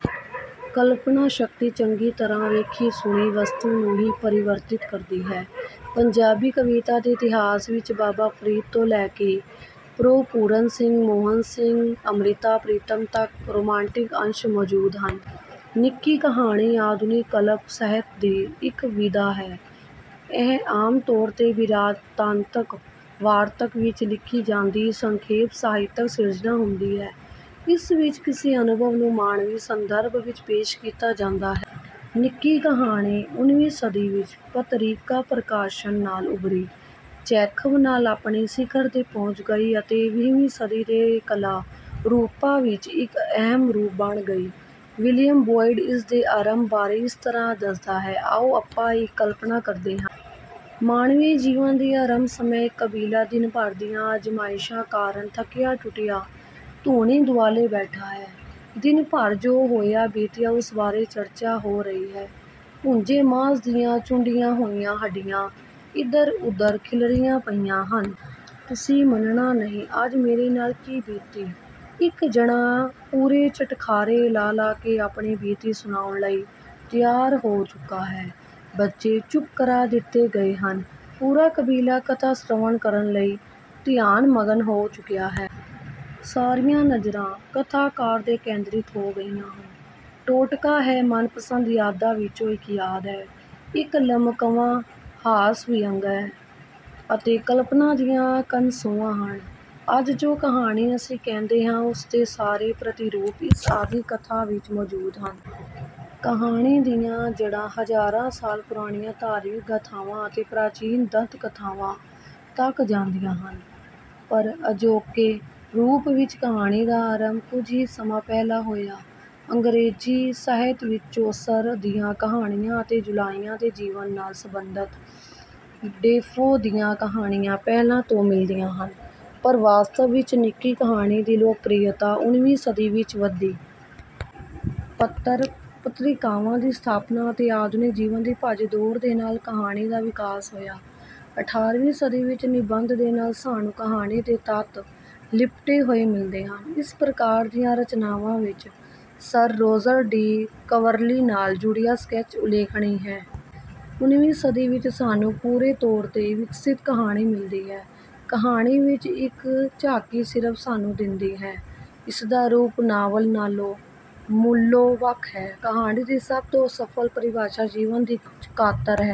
ਕਲਪਨਾ ਸ਼ਕਤੀ ਚੰਗੀ ਤਰ੍ਹਾਂ ਵੇਖੀ-ਸੁਣੀ ਵਸਤੂ ਨੂੰ ਹੀ ਪਰਿਵਰਤਿਤ ਕਰਦੀ ਹੈ। ਪੰਜਾਬੀ ਕਵਿਤਾ ਦੇ ਇਤਿਹਾਸ ਵਿੱਚ ਬਾਬਾ ਫਰੀਦ ਤੋਂ ਲੈ ਕੇ ਪ੍ਰੋ. ਪੂਰਨ ਸਿੰਘ, ਮੋਹਨ ਸਿੰਘ, ਅੰਮ੍ਰਿਤਾ ਪ੍ਰੀਤਮ ਤੱਕ ਰੋਮਾਂਟਿਕ ਅੰਸ਼ ਮੌਜੂਦ ਹਨ। ਨਿੱਕੀ ਕਹਾਣੀ ਆਧੁਨਿਕ ਗਲਪ ਸਾਹਿਤ ਦੀ ਇੱਕ ਵਿਧਾ ਹੈ। ਇਹ ਆਮ ਤੌਰ 'ਤੇ ਬਿਰਤਾਂਤਕ ਵਾਰਤਕ ਵਿੱਚ ਲਿਖੀ ਜਾਂਦੀ ਸੰਖੇਪ ਸਾਹਿਤਕ ਸਿਰਜਣਾ ਹੁੰਦੀ ਹੈ। ਇਸ ਵਿੱਚ ਕਿਸੇ ਅਨੁਭਵ ਨੂੰ ਮਾਨਵੀ ਸੰਦਰਭ ਵਿੱਚ ਪੇਸ਼ ਕੀਤਾ ਜਾਂਦਾ ਹੈ। ਨਿੱਕੀ ਕਹਾਣੀ ਉਨੀਵੀਂ ਸਦੀ ਵਿੱਚ ਪੱਤਰਿਕਾ ਪ੍ਰਕਾਸ਼ਨ ਨਾਲ ਉਭਰੀ, ਚੈਖਵ ਨਾਲ ਆਪਣੀ ਸਿਖਰ 'ਤੇ ਪਹੁੰਚ ਗਈ ਅਤੇ ਵੀਹਵੀਂ ਸਦੀ ਦੇ ਕਲਾ ਰੂਪਾਂ ਵਿੱਚ ਇੱਕ ਅਹਿਮ ਰੂਪ ਬਣ ਗਈ। ਵਿਲੀਅਮ ਬੋਇਡ ਇਸ ਦੇ ਆਰੰਭ ਬਾਰੇ ਇਸ ਤਰ੍ਹਾਂ ਦੱਸਦਾ ਹੈ: ਆਓ ਆਪਾਂ ਇੱਕ ਕਲਪਨਾ ਕਰਦੇ ਹਾਂ। ਮਾਨਵੀ ਜੀਵਨ ਦੇ ਆਰੰਭ ਸਮੇਂ ਇੱਕ ਕਬੀਲਾ ਦਿਨ ਭਰ ਦੀਆਂ ਅਜ਼ਮਾਇਸ਼ਾਂ ਕਾਰਨ ਥੱਕਿਆ-ਟੁੱਟਿਆ ਧੂਣੀ ਦੁਆਲੇ ਬੈਠਾ ਹੈ। ਦਿਨ ਭਰ ਜੋ ਹੋਇਆ-ਬੀਤਿਆ ਉਸ ਬਾਰੇ ਚਰਚਾ ਹੋ ਰਹੀ ਹੈ। ਭੁੱਜੇ ਮਾਸ ਦੀਆਂ ਚੂੰਡੀਆਂ ਹੋਈਆਂ ਹੱਡੀਆਂ ਇਧਰ-ਉਧਰ ਖਿੱਲਰੀਆਂ ਪਈਆਂ ਹਨ। ਤੁਸੀਂ ਮੰਨਣਾ ਨਹੀਂ ਅੱਜ ਮੇਰੇ ਨਾਲ ਕੀ ਬੀਤੀ ਇੱਕ ਜਣਾ ਪੂਰੇ ਚਟਖਾਰੇ ਲਾ-ਲਾ ਕੇ ਆਪਣੀ ਬੀਤੀ ਸੁਣਾਉਣ ਲਈ ਤਿਆਰ ਹੋ ਚੁੱਕਾ ਹੈ। ਬੱਚੇ ਚੁੱਪ ਕਰਾ ਦਿੱਤੇ ਗਏ ਹਨ। ਪੂਰਾ ਕਬੀਲਾ ਕਥਾ ਸਰਵਣ ਕਰਨ ਲਈ ਧਿਆਨ-ਮਗਨ ਹੋ ਚੁੱਕਿਆ ਹੈ। ਸਾਰੀਆਂ ਨਜ਼ਰਾਂ ਕਥਾਕਾਰ 'ਤੇ ਕੇਂਦ੍ਰਿਤ ਹੋ ਗਈਆਂ ਹਨ। ਟੋਟਕਾ ਹੈ, ਮਨਪਸੰਦ ਯਾਦਾਂ ਵਿੱਚੋਂ ਇੱਕ ਯਾਦ ਹੈ, ਇੱਕ ਲਮਕਵਾਂ ਹਾਸ-ਵਿਅੰਗ ਹੈ ਅਤੇ ਕਲਪਨਾ ਦੀਆਂ ਕਨਸੋਆਂ ਹਨ। ਅੱਜ ਜੋ ਕਹਾਣੀ ਅਸੀਂ ਕਹਿੰਦੇ ਹਾਂ ਉਸ ਦੇ ਸਾਰੇ ਪ੍ਰਤਿਰੂਪ ਇਸ ਆਦਿ ਕਥਾ ਵਿੱਚ ਮੌਜੂਦ ਸਨ। ਕਹਾਣੀ ਦੀਆਂ ਜੜ੍ਹਾਂ ਹਜ਼ਾਰਾਂ ਸਾਲ ਪੁਰਾਣੀਆਂ ਧਾਰਮਿਕ ਗਾਥਾਵਾਂ ਅਤੇ ਪ੍ਰਾਚੀਨ ਦੰਤ-ਕਥਾਵਾਂ ਤੱਕ ਜਾਂਦੀਆਂ ਹਨ, ਪਰ ਅਜੋਕੇ ਰੂਪ ਵਿੱਚ ਕਹਾਣੀ ਦਾ ਆਰੰਭ ਕੁਝ ਹੀ ਸਮਾਂ ਪਹਿਲਾਂ ਹੋਇਆ। ਅੰਗਰੇਜ਼ੀ ਸਾਹਿਤ ਵਿੱਚ ਚੌਸਰ ਦੀਆਂ ਕਹਾਣੀਆਂ ਅਤੇ ਜੁਲਾਹਿਆਂ ਦੇ ਜੀਵਨ ਨਾਲ ਸਬੰਧਤ ਡੇਫੋ ਦੀਆਂ ਕਹਾਣੀਆਂ ਪਹਿਲਾਂ ਤੋਂ ਮਿਲਦੀਆਂ ਹਨ, ਪਰ ਵਾਸਤਵ ਵਿੱਚ ਨਿੱਕੀ ਕਹਾਣੀ ਦੀ ਲੋਕਪ੍ਰਿਅਤਾ ਉਨੀਵੀਂ ਸਦੀ ਵਿੱਚ ਵਧੀ। ਪੱਤਰ-ਪੱਤ੍ਰਿਕਾਵਾਂ ਦੀ ਸਥਾਪਨਾ ਅਤੇ ਆਧੁਨਿਕ ਜੀਵਨ ਦੀ ਭੱਜ-ਦੌੜ ਦੇ ਨਾਲ ਕਹਾਣੀ ਦਾ ਵਿਕਾਸ ਹੋਇਆ। ਅਠਾਰ੍ਹਵੀਂ ਸਦੀ ਵਿੱਚ ਨਿਬੰਧ ਦੇ ਨਾਲ ਸਾਨੂੰ ਕਹਾਣੀ ਦੇ ਤੱਤ ਲਿਪਟੇ ਹੋਏ ਮਿਲਦੇ ਹਨ। ਇਸ ਪ੍ਰਕਾਰ ਦੀਆਂ ਰਚਨਾਵਾਂ ਵਿੱਚ ਸਰ ਰੋਜਰ ਡੀ ਕਵਰਲੀ ਨਾਲ ਜੁੜਿਆ ਸਕੈਚ ਉਲੇਖਣੀ ਹੈ। ਉਨੀਵੀਂ ਸਦੀ ਵਿੱਚ ਸਾਨੂੰ ਪੂਰੇ ਤੌਰ 'ਤੇ ਵਿਕਸਿਤ ਕਹਾਣੀ ਮਿਲਦੀ ਹੈ। ਕਹਾਣੀ ਜੀਵਨ ਦੀ ਇੱਕ ਝਾਕੀ ਸਿਰਫ ਸਾਨੂੰ ਦਿੰਦੀ ਹੈ। ਇਸਦਾ ਰੂਪ ਨਾਵਲ ਨਾਲੋਂ ਮੂਲੋਂ ਵੱਖ ਹੈ। ਕਹਾਣੀ ਦੀ ਸਭ ਤੋਂ ਸਫਲ ਪਰਿਭਾਸ਼ਾ ਜੀਵਨ ਦੀ ਇੱਕ ਕਾਤਰ ਹੈ।